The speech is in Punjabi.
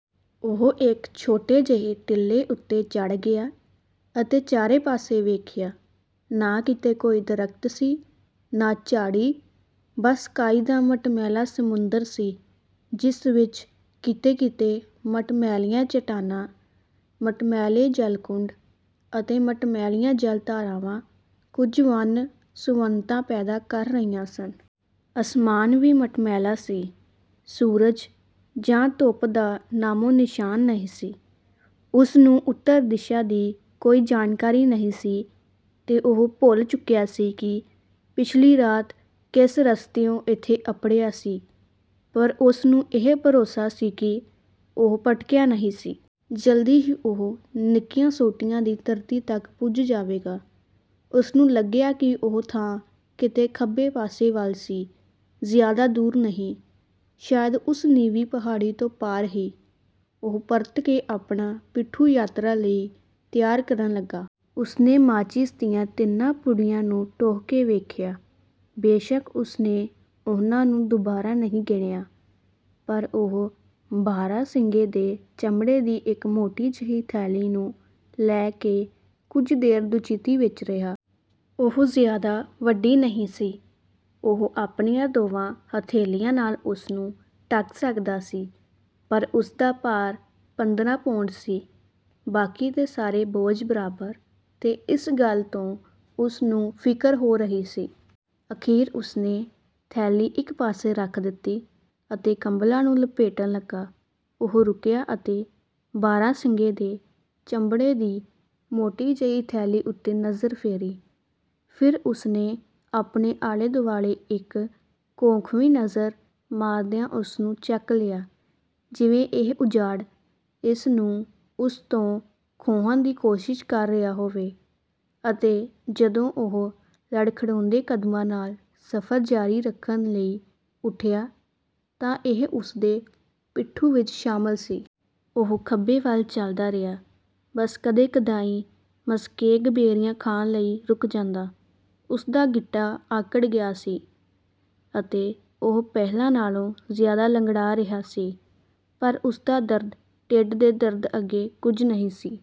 ਉਹ ਇੱਕ ਛੋਟੇ ਜਿਹੇ ਟਿੱਲੇ ਉੱਤੇ ਚੜ੍ਹ ਗਿਆ ਅਤੇ ਚਾਰੇ ਪਾਸੇ ਵੇਖਿਆ। ਨਾ ਕਿਤੇ ਕੋਈ ਦਰੱਖ਼ਤ ਸੀ, ਨਾ ਝਾੜੀ, ਬਸ ਕਾਈ ਦਾ ਮਟਮੈਲ਼ਾ ਸਮੁੰਦਰ ਸੀ ਜਿਸ ਵਿੱਚ ਕਿਤੇ-ਕਿਤੇ ਮਟਮੈਲ਼ੀਆਂ ਚੱਟਾਨਾਂ, ਮਟਮੈਲ਼ੇ ਜਲਕੁੰਡ ਅਤੇ ਮਟਮੈਲ਼ੀਆਂ ਜਲ-ਧਾਰਾਵਾਂ ਕੁੱਝ ਵੰਨ-ਸੁਵੰਨਤਾ ਪੈਦਾ ਕਰ ਰਹੀਆਂ ਸਨ। ਅਸਮਾਨ ਵੀ ਮਟਮੈਲ਼ਾ ਸੀ। ਸੂਰਜ ਜਾਂ ਧੁੱਪ ਦਾ ਨਾਮੋ-ਨਿਸ਼ਾਨ ਨਹੀਂ ਸੀ। ਉਸਨੂੰ ਉੱਤਰ ਦਿਸ਼ਾ ਦੀ ਕੋਈ ਜਾਣਕਾਰੀ ਨਹੀਂ ਸੀ ਤੇ ਉਹ ਭੁੱਲ ਚੁੱਕਿਆ ਸੀ ਕਿ ਪਿਛਲੀ ਰਾਤ ਕਿਸ ਰਸਤਿਓਂ ਇੱਥੇ ਅੱਪੜਿਆ ਸੀ। ਪਰ ਉਸਨੂੰ ਇਹ ਭਰੋਸਾ ਸੀ ਕਿ ਉਹ ਭਟਕਿਆ ਨਹੀਂ ਸੀ। ਜਲਦੀ ਹੀ ਉਹ ਨਿੱਕੀਆਂ ਸੋਟੀਆਂ ਦੀ ਧਰਤੀ ਤੱਕ ਪੁੱਜ ਜਾਵੇਗਾ। ਉਸਨੂੰ ਲੱਗਿਆ ਕਿ ਉਹ ਥਾਂ ਕਿਤੇ ਖੱਬੇ ਪਾਸੇ ਵੱਲ ਸੀ, ਜ਼ਿਆਦਾ ਦੂਰ ਨਹੀਂ — ਸ਼ਾਇਦ ਉਸ ਨੀਵੀਂ ਪਹਾੜੀ ਤੋਂ ਪਾਰ ਹੀ। ਉਹ ਪਰਤ ਕੇ ਆਪਣਾ ਪਿੱਠੂ ਯਾਤਰਾ ਲਈ ਤਿਆਰ ਕਰਨ ਲੱਗਾ। ਉਸਨੇ ਮਾਚਿਸ ਦੀਆਂ ਤਿੰਨਾਂ ਪੁੜੀਆਂ ਨੂੰ ਟੋਹ ਕੇ ਵੇਖਿਆ, ਬੇਸ਼ੱਕ ਉਸਨੇ ਉਹਨਾਂ ਨੂੰ ਦੁਬਾਰਾ ਨਹੀਂ ਗਿਣਿਆ। ਪਰ ਉਹ ਬਾਰ੍ਹਾਂਸਿੰਗੇ ਦੇ ਚਮੜੇ ਦੀ ਇੱਕ ਮੋਟੀ ਜਿਹੀ ਥੈਲੀ ਨੂੰ ਲੈ ਕੇ ਕੁੱਝ ਦੇਰ ਦੁਚਿੱਤੀ ਵਿੱਚ ਰਿਹਾ। ਉਹ ਜ਼ਿਆਦਾ ਵੱਡੀ ਨਹੀਂ ਸੀ। ਉਹ ਆਪਣੀਆਂ ਦੋਵਾਂ ਹਥੇਲ਼ੀਆਂ ਨਾਲ਼ ਉਸਨੂੰ ਢਕ ਸਕਦਾ ਸੀ। ਪਰ ਉਸਦਾ ਭਾਰ ਪੰਦਰਾਂ ਪੌਂਡ ਸੀ — ਬਾਕੀ ਦੇ ਸਾਰੇ ਬੋਝ ਬਰਾਬਰ — ਤੇ ਇਸ ਗੱਲ ਤੋਂ ਉਸਨੂੰ ਫਿਕਰ ਹੋ ਰਹੀ ਸੀ। ਅਖ਼ੀਰ ਉਸਨੇ ਥੈਲੀ ਇੱਕ ਪਾਸੇ ਰੱਖ ਦਿੱਤੀ ਅਤੇ ਕੰਬਲ਼ਾਂ ਨੂੰ ਲਪੇਟਣ ਲੱਗਾ। ਉਹ ਰੁਕਿਆ ਅਤੇ ਬਾਰ੍ਹਾਂਸਿੰਗੇ ਦੇ ਚਮੜੇ ਦੀ ਮੋਟੀ ਜਿਹੀ ਥੈਲੀ ਉੱਤੇ ਨਜ਼ਰ ਫੇਰੀ। ਫਿਰ ਉਸਨੇ ਆਪਣੇ ਆਲ਼ੇ-ਦੁਆਲ਼ੇ ਇੱਕ ਘੋਖਵੀਂ ਨਜ਼ਰ ਮਾਰਦਿਆਂ ਉਸਨੂੰ ਚੱਕ ਲਿਆ, ਜਿਵੇਂ ਇਹ ਉਜਾੜ ਇਸ ਨੂੰ ਉਸ ਤੋਂ ਖੋਹਣ ਦੀ ਕੋਸ਼ਿਸ਼ ਕਰ ਰਿਹਾ ਹੋਵੇ ਅਤੇ ਜਦੋਂ ਉਹ ਲੜਖੜਾਉਂਦੇ ਕਦਮਾਂ ਨਾਲ਼ ਸਫ਼ਰ ਜਾਰੀ ਰੱਖਣ ਲਈ ਉੱਠਿਆ, ਤਾਂ ਇਹ ਉਸਦੇ ਪਿੱਠੂ ਵਿੱਚ ਸ਼ਾਮਲ ਸੀ। ਉਹ ਖੱਬੇ ਵੱਲ ਚੱਲਦਾ ਰਿਹਾ, ਬਸ ਕਦੇ-ਕਦਾਈਂ ਮਸਕੇਗ ਬੇਰੀਆਂ ਖਾਣ ਲਈ ਰੁਕ ਜਾਂਦਾ। ਉਸਦਾ ਗਿੱਟਾ ਆਕੜ ਗਿਆ ਸੀ ਅਤੇ ਉਹ ਪਹਿਲਾਂ ਨਾਲ਼ੋਂ ਜ਼ਿਆਦਾ ਲੰਗੜਾ ਰਿਹਾ ਸੀ, ਪਰ ਉਸਦਾ ਦਰਦ ਢਿੱਡ ਦੇ ਦਰਦ ਅੱਗੇ ਕੁੱਝ ਨਹੀਂ ਸੀ।